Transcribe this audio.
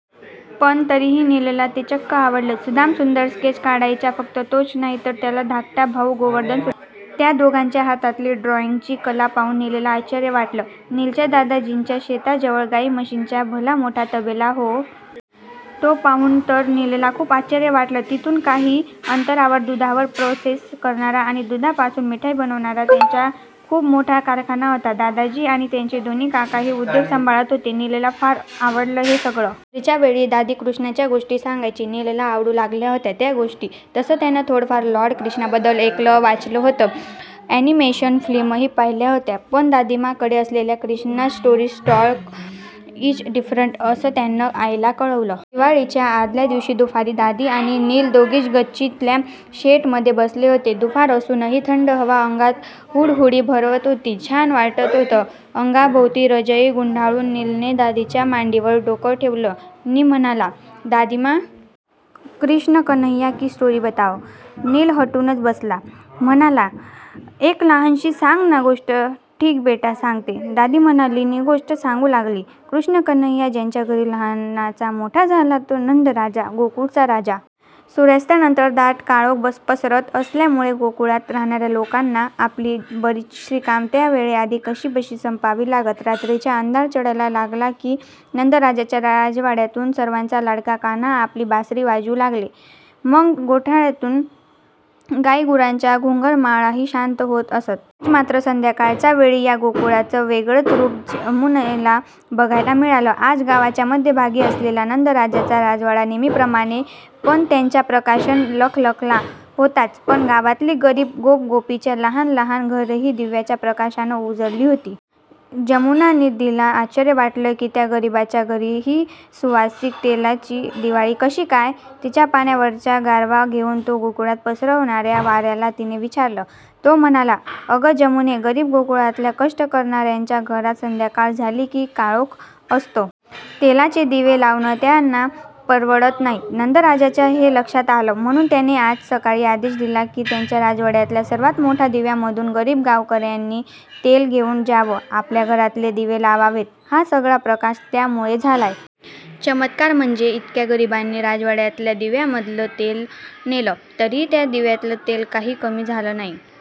पण तरीही नीलला ते चक्क आवडलं. सुदाम सुंदर स्केच काढायचा. फक्त तोच नाही तर त्याचा धाकटा भाऊ गोवर्धनसुद्धा. त्या दोघांच्या हातातली ड्रॉइंगची कला पाहून नीलला आश्चर्य वाटलं. नीलच्या दादाजींच्या शेताजवळ गाई-म्हशींचा भलामोठा तबेला होता. तो पाहून तर नीलला खूप आश्चर्य वाटलं. तिथून काही अंतरावर दुधावर प्रोसेस करणारा आणि दुधापासून मिठाई बनवणारा त्यांचा खूप मोठा कारखाना होता. दादाजी आणि त्याचे दोन्ही काका हे उद्योग सांभाळत होते. नीलला फार आवडलं हे सगळं. रात्रीच्या वेळी दादी कृष्णाच्या गोष्टी सांगायची. नीलला आवडू लागल्या होत्या त्या गोष्टी. तसं त्यानं थोडंफार लॉर्ड क्रिष्णाबद्दल ऐकलं-वाचलं होतं. ॲनिमेशन फिल्मही पाहिल्या होत्या. पण, 'दादीमाकडे असलेला Krishna's stories stock is different,' असं त्यानं आईला कळवलं. दिवाळीच्या आदल्या दिवशी दुपारी दादी आणि नील दोघेच गच्चीतल्या शेडमध्ये बसले होते. दुपार असूनही थंड हवा अंगात हुडहुडी भरवत होती. छान वाटत होतं. अंगाभोवती रजई गुंडाळून नीलने दादीच्या मांडीवर डोकं ठेवलं नि म्हणाला, "दादीमा... क्रिष्ण कन्हैय्या की स्टोरी बताओ." नील हटूनच बसला. म्हणाला, "एक लहानशी सांग ना गोष्ट." "ठीक बेटा, सांगते." दादी म्हणाली नि गोष्ट सांगू लागली. 'कृष्णकन्हैय्या ज्याच्या घरी लहानाचा मोठा झाला तो नंद राजा. गोकुळचा राजा. सूर्यास्तानंतर दाट काळोख पसरत असल्यामुळे गोकुळात राहणाऱ्या लोकांना आपली बरीचशी कामं त्या वेळेआधी कशीबशी संपवावी लागत. रात्रीचा अंधार चढायला लागला की, नंदराजाच्या राजवाड्यातून सर्वांचा लाडका कान्हा आपली बासरी वाजवू लागे. मग गोठ्यांतून गाई-गुरांच्या घुंगुरमाळाही शांत होत असत. आज मात्र संध्याकाळच्या वेळी या गोकुळाचं वेगळंच रूप जमुनेला बघायला मिळालं. आज गावाच्या मध्यभागी असलेला नंदराजाचा राजवाडा नेहमीप्रमाणे पणत्यांच्या प्रकाशानं लखलखला होताच, पण गावातली गरीब गोप-गोपींची लहान लहान घरंही दिव्याच्या प्रकाशानं उजळली होती. जमुनानदीला आश्चर्य वाटलं की, या गरिबांच्या घरी ही सुवासिक तेलाची दिवाळी कशी काय? तिच्या पाण्यावरचा गारवा घेऊन तो गोकुळात पसरवणाऱ्या वाऱ्याला तिने विचारलं. तो म्हणाला, "अगं जमुने, गरीब गोकुळातल्या कष्ट करणाऱ्यांच्या घरात संध्याकाळ झाली की, काळोख असतो. तेलाचे दिवे लावणं त्यांना परवडत नाही. नंदराजांच्या हे लक्षात आलं. म्हणून त्यांनी आज सकाळी आदेश दिला की, त्यांच्या राजवाड्यातल्या सर्वात मोठ्या दिव्यामधून गरीब गावकऱ्यांनी तेल घेऊन जावं. आपल्या घरातले दिवे लावावेत. हा सगळा प्रकाश त्यामुळे झालाय. चमत्कार म्हणजे, इतक्या गरिबांनी राजवाड्यातल्या दिव्यामधलं तेल नेलं, तरीही त्या दिव्यातलं तेल काही कमी झालं नाही.